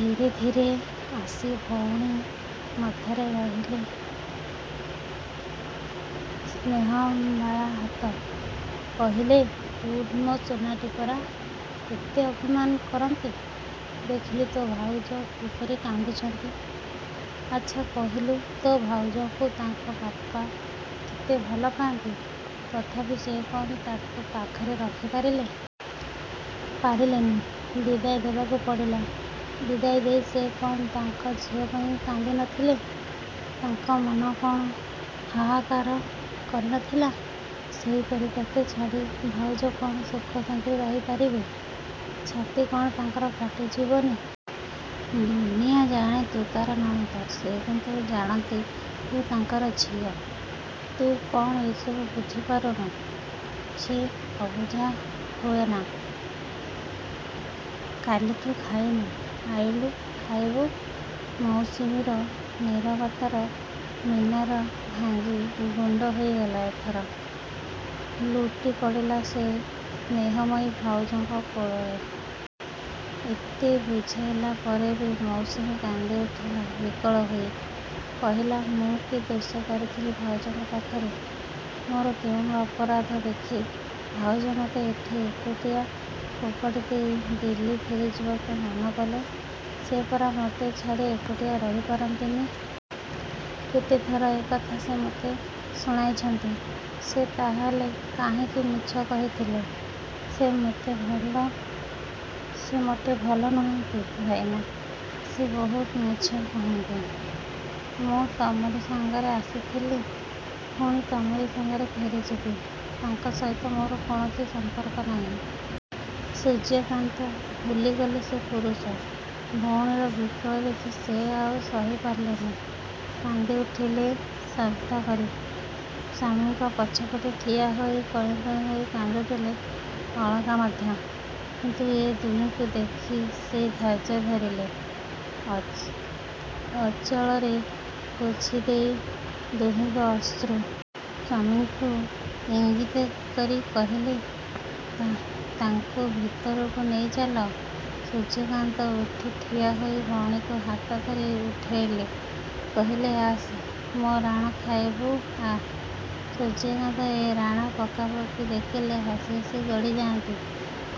ଧୀରେ ଧୀରେ ଆସି ଭଉଣୀ ମଥାରେ ରହିଲେ ସ୍ନେହବାଳା ହାତ। କହିଲେ ଉଠ୍ ମୋ ସୁନାଟି ପରା। ଏତେ ଅଭିମାନ କରନ୍ତି? ଦେଖିଲୁ ତୋ ଭାଉଜ କିପରି କାନ୍ଦୁଛନ୍ତି। ଆଚ୍ଛା କହିଲୁ ତୋ ଭାଉଜଙ୍କୁ ତାଙ୍କ ବାପା କେତେ ଭଲ ପାଆନ୍ତି। ତଥାପି ସେ କ'ଣ ତାଙ୍କୁ ପାଖରେ ରଖି ପାରିଲେ? ପାରିଲେନି। ବିଦାୟ ଦେବାକୁ ପଡ଼ିଲା। ବିଦାୟ ଦେଇ ସେ କ'ଣ ତାଙ୍କ ଝିଅ ପାଇଁ କାନ୍ଦି ନଥିଲେ? ତାଙ୍କ ମନ କ'ଣ ହାହାକାର କରି ନଥିଲା? ସେହିପରି ତତେ ଛାଡ଼ି ଭାଉଜ କ'ଣ ସୁଖ ଶାନ୍ତିରେ ରହି ପାରିବେ? ଛାତି କ'ଣ ତାଙ୍କର ଫାଟି ଯିବନି? ଦୁନିଆ ଜାଣେ ତୁ ତା'ର ନଣନ୍ଦ। ସେ କିନ୍ତୁ ଜାଣନ୍ତି ତୁ ତାଙ୍କର ଝିଅ। ତୁ କ'ଣ ଏସବୁ ବୁଝି ପାରୁନୁ। ଛି, ଅବୁଝା ହୁଅନା। କାଲିଠୁ ଖାଇନୁ, ଆଇଲୁ ଖାଇବୁ। ମୌସୁମୀର ନିରବତାର ମିନାର ଭାଙ୍ଗି ଗୁଣ୍ଡ ହୋଇଗଲା ଏଥର। ଲୁଟି ପଡ଼ିଲା ସେ ସ୍ନେହମୟୀ ଭାଉଜଙ୍କ କୋଳରେ। ଏତେ ବୁଝାଇଲା ପରେ ବି ମୌସୁମୀ କାନ୍ଦି ଉଠିଲା ବିକଳ ହୋଇ। କହିଲା ମୁଁ କି ଦୋଷ କରିଥିଲି ଭାଉଜଙ୍କ ପାଖରେ। ମୋର କେଉଁ ଅପରାଧ ଦେଖି ଭାଉଜ ମୋତେ ଏଠି ଏକୁଟିଆ ଫୋପାଡ଼ି ଦେଇ ଦିଲ୍ଲୀ ଫେରିଯିବାକୁ ମନ କଲେ? ସେ ପରା ମୋତେ ଛାଡ଼ି ଏକୁଟିଆ ରହି ପାରନ୍ତିନି! କେତେଥର ଏକଥା ସେ ମୋତେ ଶୁଣାଇଛନ୍ତି। ସେ ତାହାହେଲେ କାହିଁକି ମିଛ କହିଥିଲେ? ସେ ମୋଟେ ଭଲ ନୁହଁନ୍ତି ଭାଇନା, ସେ ବହୁତ ମିଛ କହନ୍ତି। ମୁଁ ତମରି ସାଙ୍ଗରେ ଆସିଥିଲି, ପୁଣି ତମରି ସାଙ୍ଗରେ ଫେରିଯିବି। ତାଙ୍କ ସହିତ ମୋର କୌଣସି ସମ୍ପର୍କ ନାହିଁ। ସୂର୍ଯ୍ୟକାନ୍ତ ଭୁଲିଗଲେ ସେ ପୁରୁଷ। ଭଉଣୀର ବିକଳ ଦେଖି ସେ ଆଉ ସହି ପାରିଲେନି। କାନ୍ଦି ଉଠିଲେ ଶବ୍ଦ କରି। ସ୍ୱାମୀଙ୍କ ପଛପଟେ ଠିଆ ହୋଇ କଇଁ କଇଁ ହୋଇ କାନ୍ଦୁଥିଲେ ଅଳକା ମଧ୍ୟ। କିନ୍ତୁ ଏ ଦୁହିଁଙ୍କୁ ଦେଖି ସେ ଧୈର୍ଯ୍ୟ ଧରିଲେ। ଅଞ୍ଚଳରେ ପୋଛି ଦେଲେ ଦୁହିଁଙ୍କ ଅଶ୍ରୁ। ସ୍ୱାମୀଙ୍କୁ ଇଙ୍ଗିତ କରି କହିଲେ ତାକୁ ଭିତରକୁ ନେଇ ଚାଲ। ସୂର୍ଯ୍ୟକାନ୍ତ ଉଠି ଠିଆ ହୋଇ ଭଉଣୀକୁ ହାତ ଧରି ଉଠାଇଲେ। କହିଲେ ଆସେ, ମୋ ରାଣ ଖାଇବୁ ଆ। ସୂର୍ଯ୍ୟକାନ୍ତ ଏ ରାଣ ପକାପକି ଦେଖିଲେ ହସି ହସି ଗଡ଼ି ଯାଆନ୍ତି।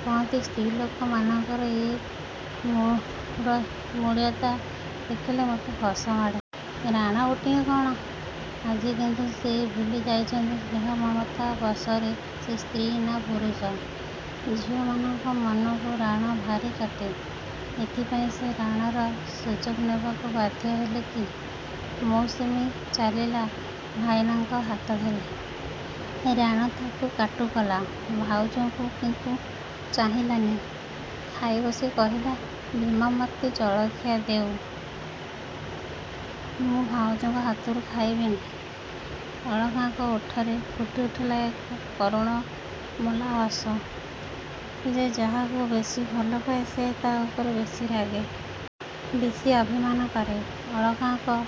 କହନ୍ତି ସ୍ତ୍ରୀଲୋକମାନଙ୍କର ଏଇ ମୂଢ଼ତା ଦେଖିଲେ ମୋତେ ହସ ମାଡ଼େ। ରାଣ ଗୋଟାଏ କ'ଣ? ଆଜି କିନ୍ତୁ ସେ ଭୁଲି ଯାଇଛନ୍ତି ସ୍ନେହ ମମତା ବସରେ ସେ ସ୍ତ୍ରୀ ନା ପୁରୁଷ। ଝିଅମାନଙ୍କ ମନକୁ ରାଣ ଭାରି କାଟେ। ସେଥିପାଇଁ ସେ ରାଣର ସୁଯୋଗ ନେବାକୁ ବାଧ୍ୟ ହେଲେ କି? ମୌସୁମୀ ଚାଲିଲା ଭାଇନାଙ୍କ ହାତ ଧରି। ରାଣ ତାକୁ କାଟୁ କଲା। ଭାଉଜଙ୍କୁ କିନ୍ତୁ ଚାହିଁଲାନି। ଖାଇ ବସି କହିଲା ଭୀମ ମୋତେ ଜଳଖିଆ ଦେଉ, ମୁଁ ଭାଉଜଙ୍କ ହାତରୁ ଖାଇବିନି। ଅଳକାଙ୍କ ଓଠରେ ଫୁଟି ଉଠିଲା ଏକ କରୁଣ ମଲା ହସ। ଯେ ଯାହାକୁ ବେଶୀ ଭଲ ପାଏ ସେ ତା' ଉପରେ ବେଶୀ ରାଗେ। ବେଶୀ ଅଭିମାନ କରେ। ଅଳକାଙ୍କ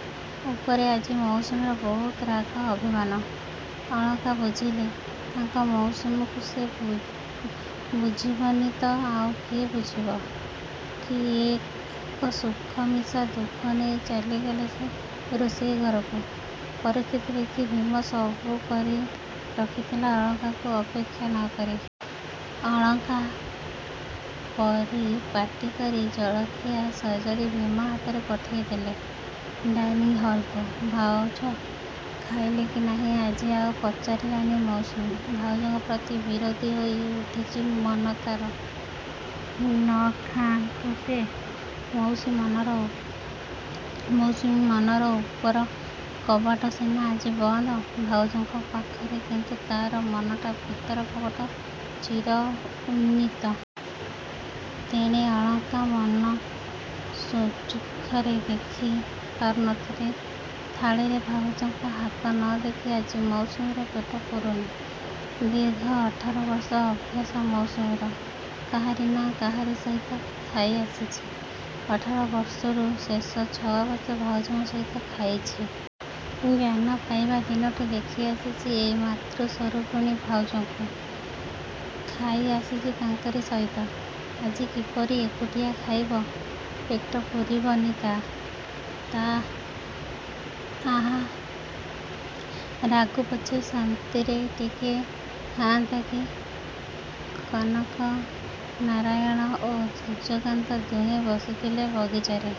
ଉପରେ ଆଜି ମୌସୁମୀର ବହୁତ ରାଗ, ଅଭିମାନ। ଅଳକା ବୁଝିଲେ। ତାଙ୍କ ମୌସୁମୀକୁ ସେ ବୁଝିବନି ତ ଆଉ କିଏ ବୁଝିବ! କି ଏକ ସୁଖ ମିଶା ଦୁଃଖ ନେଇ ଚାଲିଗଲେ ସେ ରୋଷେଇ ଘରକୁ। ପରିସ୍ଥିତି ଦେଖି ଭୀମ ସବୁ କରି ରଖିଥିଲା ଅଳକାଙ୍କୁ ଅପେକ୍ଷା ନ କରି। ଅଳକା ପରିପାଟି କରି ଜଳଖିଆ ସଜାଡ଼ି ଭୀମ ହାତରେ ପଠାଇ ଦେଲେ ଡାଇନିଂ ହଲକୁ। ଭାଉଜ ଖାଇଲେ କି ନାହିଁ ଆଜି ଆଉ ପଚାରିଲାନି ମୌସୁମୀ। ଭାଉଜଙ୍କ ପ୍ରତି ବିଦ୍ରୋହୀ ହୋଇ ଉଠିଛି ମନ ତା'ର। ନ ଖାଆନ୍ତୁ ସିଏ। ମୌସୁମୀ ମନର ଉପର କବାଟ ସିନା ଆଜି ବନ୍ଦ, ଭାଉଜଙ୍କ ପାଖରେ କିନ୍ତୁ ତା'ର ମନର ଭିତର କବାଟ ଚିର ଉନ୍ମୁକ୍ତ। ତେଣେ ଅଳକା ମନଶ୍ଚକ୍ଷୁରେ ଦେଖି ପାରୁଥିଲେ ଥାଳିରେ ଭାଉଜଙ୍କର ହାତ ନ ଦେଖି ଆଜି ମୌସୁମୀର ପେଟ ପୁରୁନି। ଦୀର୍ଘ ଅଠର ବର୍ଷ ଅଭ୍ୟାସ ମୌସୁମୀର, କାହାରି ନା କାହାରି ସହିତ ଖାଇ ଆସିଛି। ଅଠର ବର୍ଷରୁ ଶେଷ ଛଅ ବର୍ଷ ଭାଉଜଙ୍କ ସହିତ ଖାଇଛି। ଜ୍ଞାନ ପାଇବା ଦିନଠୁ ଦେଖି ଆସୁଛି ଏଇ ମାତୃ ସ୍ୱରୂପିଣୀ ଭାଉଜଙ୍କୁ। ଖାଇ ଆସିଛି ତାଙ୍କରି ସହିତ। ଆଜି କିପରି ଏକୁଟିଆ ଖାଇବ! ପେଟ ପୁରିବନି ତ। ଆହା, ରାଗୁ ପଛେ ଶାନ୍ତିରେ ଟିକେ ଖାଆନ୍ତା କି! କନକନାରାୟଣ ଓ ସୂର୍ଯ୍ୟକାନ୍ତ ଦୁହେଁ ବସିଥିଲେ ବଗିଚାରେ।